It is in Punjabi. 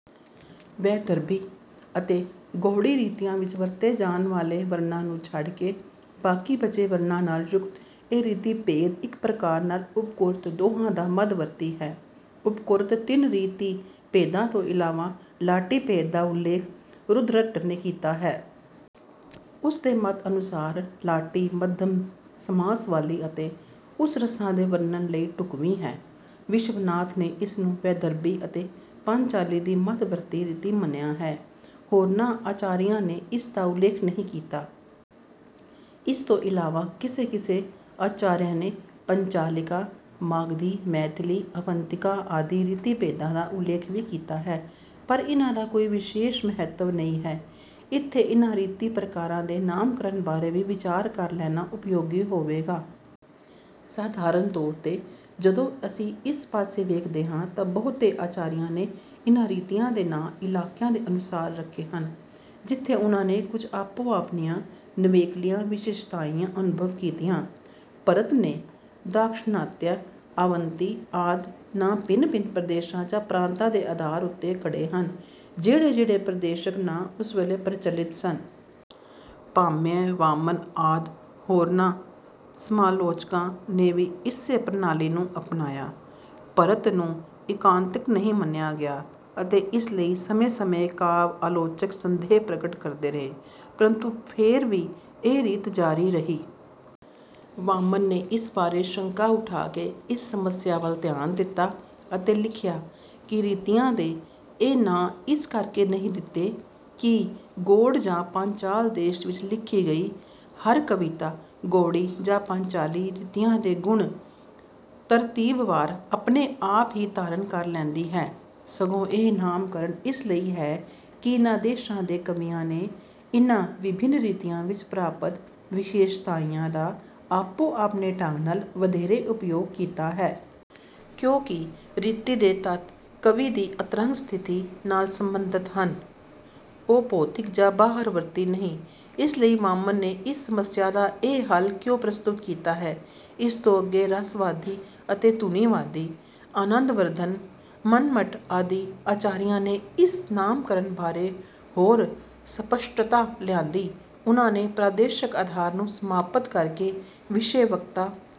ਵੈਦਰਭੀ ਅਤੇ ਗੌੜੀ ਰੀਤੀਆਂ ਵਿੱਚ ਵਰਤੇ ਜਾਣ ਵਾਲੇ ਵਰਣਾਂ ਨੂੰ ਛੱਡ ਕੇ ਬਾਕੀ ਬਚੇ ਵਰਣਾਂ ਨਾਲ ਯੁਕਤ ਇਹ ਰੀਤੀ ਭੇਦ ਇੱਕ ਪ੍ਰਕਾਰ ਨਾਲ ਉਪਰੋਕਤ ਦੋਹਾਂ ਦਾ ਮੱਧ-ਵਰਤੀ ਹੈ। ਉਪਰੋਕਤ ਤਿੰਨ ਰੀਤੀ ਭੇਦਾਂ ਤੋਂ ਇਲਾਵਾ ਲਾਟੀ ਭੇਦ ਦਾ ਉਲੇਖ ਰੁਦ੍ਰਟ ਨੇ ਕੀਤਾ ਹੈ। ਉਸਦੇ ਮਤ ਅਨੁਸਾਰ ਲਾਟੀ ਮੱਧਮ-ਸਮਾਸ ਵਾਲੀ ਅਤੇ ਉਸ ਰਸਾਂ ਦੇ ਵਰਣਨ ਲਈ ਢੁਕਵੀਂ ਹੈ। ਵਿਸ਼ਵਨਾਥ ਨੇ ਇਸ ਨੂੰ ਵੈਦਰਭੀ ਅਤੇ ਪਾਂਚਾਲੀ ਦੀ ਮੱਧ-ਵਰਤੀ ਰੀਤੀ ਮੰਨਿਆ ਹੈ। ਹੋਰਨਾਂ ਆਚਾਰੀਆਂ ਨੇ ਇਸ ਦਾ ਉਲੇਖ ਨਹੀਂ ਕੀਤਾ। ਇਸ ਤੋਂ ਇਲਾਵਾ ਕਿਸੇ-ਕਿਸੇ ਆਚਾਰਯ ਨੇ ਪੰਚਾਲਿਕਾ, ਮਾਗਧੀ, ਮੈਥਿਲੀ, ਅਵੰਤਿਕਾ ਆਦਿ ਰੀਤੀ ਭੇਦਾਂ ਦਾ ਉਲੇਖ ਵੀ ਕੀਤਾ ਹੈ। ਪਰ ਇਨ੍ਹਾਂ ਦਾ ਕੋਈ ਵਿਸ਼ੇਸ਼ ਮਹੱਤਵ ਨਹੀਂ ਹੈ। ਇੱਥੇ ਇਨ੍ਹਾਂ ਰੀਤੀ ਪ੍ਰਕਾਰਾਂ ਦੇ ਨਾਮਕਰਨ ਬਾਰੇ ਵੀ ਵਿਚਾਰ ਕਰ ਲੈਣਾ ਉਪਯੋਗੀ ਹੋਵੇਗਾ। ਸਾਧਾਰਨ ਤੌਰ 'ਤੇ ਜਦੋਂ ਅਸੀਂ ਇਸ ਪਾਸੇ ਵੇਖਦੇ ਹਾਂ ਤਾਂ ਬਹੁਤੇ ਆਚਾਰੀਆਂ ਨੇ ਇਨ੍ਹਾਂ ਰੀਤੀਆਂ ਦੇ ਨਾਂ ਇਲਾਕਿਆਂ ਦੇ ਅਨੁਸਾਰ ਰੱਖੇ ਹਨ, ਜਿੱਥੇ ਉਨ੍ਹਾਂ ਨੇ ਕੁਝ ਆਪੋ-ਆਪਣੀਆਂ ਨਵੇਕਲੀਆਂ ਵਿਸ਼ੇਸ਼ਤਾਈਆਂ ਅਨੁਭਵ ਕੀਤੀਆਂ। ਭਰਤ ਨੇ ਦਾਕਸ਼ਣਾਤਯਾ, ਆਵੰਤੀ ਆਦਿ ਨਾਂ ਭਿੰਨ-ਭਿੰਨ ਪ੍ਰਦੇਸ਼ਾਂ ਜਾਂ ਪ੍ਰਾਂਤਾਂ ਦੇ ਆਧਾਰ ਉੱਤੇ ਘੜੇ ਹਨ, ਜਿਹੜੇ ਜਿਹੜੇ ਪ੍ਰਦੇਸ਼ਕ ਨਾਂ ਉਸ ਵੇਲੇ ਪ੍ਰਚਲਿਤ ਸਨ। ਭਾਮਹ, ਵਾਮਨ, ਆਦਿ ਹੋਰਨਾਂ ਸਮਾਲੋਚਕਾਂ ਨੇ ਵੀ ਇਸੇ ਪ੍ਰਣਾਲੀ ਨੂੰ ਅਪਣਾਇਆ। ਭਰਤ ਨੂੰ ਇੱਕਾਂਤਿਕ ਨਹੀਂ ਮੰਨਿਆ ਗਿਆ ਅਤੇ ਇਸੇ ਲਈ ਸਮੇਂ-ਸਮੇਂ ਕਾਵਿ-ਆਲੋਚਕ ਸੰਦੇਹ ਪ੍ਰਗਟ ਕਰਦੇ ਰਹੇ, ਪ੍ਰੰਤੂ ਫੇਰ ਵੀ ਇਹ ਰੀਤ ਜਾਰੀ ਰਹੀ। ਵਾਮਨ ਨੇ ਇਸ ਬਾਰੇ ਸ਼ੰਕਾ ਉਠਾ ਕੇ ਇਸ ਸਮੱਸਿਆ ਵੱਲ ਧਿਆਨ ਦਿੱਤਾ ਅਤੇ ਲਿਖਿਆ ਕਿ ਰੀਤੀਆਂ ਦੇ ਇਹ ਨਾਂ ਇਸ ਕਰਕੇ ਨਹੀਂ ਦਿੱਤੇ ਕਿ ਗੌੜ ਜਾਂ ਪਾਂਚਾਲ ਦੇਸ਼ ਵਿੱਚ ਲਿਖੀ ਗਈ ਹਰ ਕਵਿਤਾ ਗੌੜੀ ਜਾਂ ਪਾਂਚਾਲੀ ਰੀਤੀਆਂ ਦੇ ਗੁਣ ਤਰਤੀਬਵਾਰ ਆਪਣੇ ਆਪ ਹੀ ਧਾਰਨ ਕਰ ਲੈਂਦੀ ਹੈ, ਸਗੋਂ ਇਹ ਨਾਮਕਰਨ ਇਸ ਲਈ ਹੈ ਕਿ ਇਨ੍ਹਾਂ ਦੇਸ਼ਾਂ ਦੇ ਕਵੀਆਂ ਨੇ ਇਨ੍ਹਾਂ ਵਿਭਿੰਨ ਰੀਤੀਆਂ ਵਿੱਚ ਪ੍ਰਾਪਤ ਵਿਸ਼ੇਸ਼ਤਾਈਆਂ ਦਾ ਆਪੋ-ਆਪਣੇ ਢੰਗ ਨਾਲ ਵਧੇਰੇ ਉਪਯੋਗ ਕੀਤਾ ਹੈ। ਕਿਉਂਕਿ ਰੀਤੀ ਦੇ ਤੱਤ ਕਵੀ ਦੀ ਅੰਤਰੰਗ ਸਥਿਤੀ ਨਾਲ ਸਬੰਧਤ ਹਨ, ਉਹ ਭੌਤਿਕ ਜਾਂ ਬਾਹਰਵਰਤੀ ਨਹੀਂ। ਇਸ ਲਈ ਵਾਮਨ ਨੇ ਇਸ ਸਮੱਸਿਆ ਦਾ ਇਹ ਹੱਲ ਕਿਉਂ ਪ੍ਰਸਤੁਤ ਕੀਤਾ ਹੈ। ਇਸ ਤੋਂ ਅੱਗੇ ਰਸਵਾਦੀ ਅਤੇ ਧੁਨੀਵਾਦੀ ਆਨੰਦਵਰਧਨ, ਮੰਮਟ ਆਦਿ ਆਚਾਰੀਆਂ ਨੇ ਇਸ ਨਾਮਕਰਨ ਬਾਰੇ ਹੋਰ ਸਪੱਸ਼ਟਤਾ ਲਿਆਂਦੀ। ਉਨ੍ਹਾਂ ਨੇ ਪ੍ਰਾਦੇਸ਼ਕ ਆਧਾਰ ਨੂੰ ਸਮਾਪਤ ਕਰਕੇ ਵਿਸ਼ੇ, ਵਕਤਾ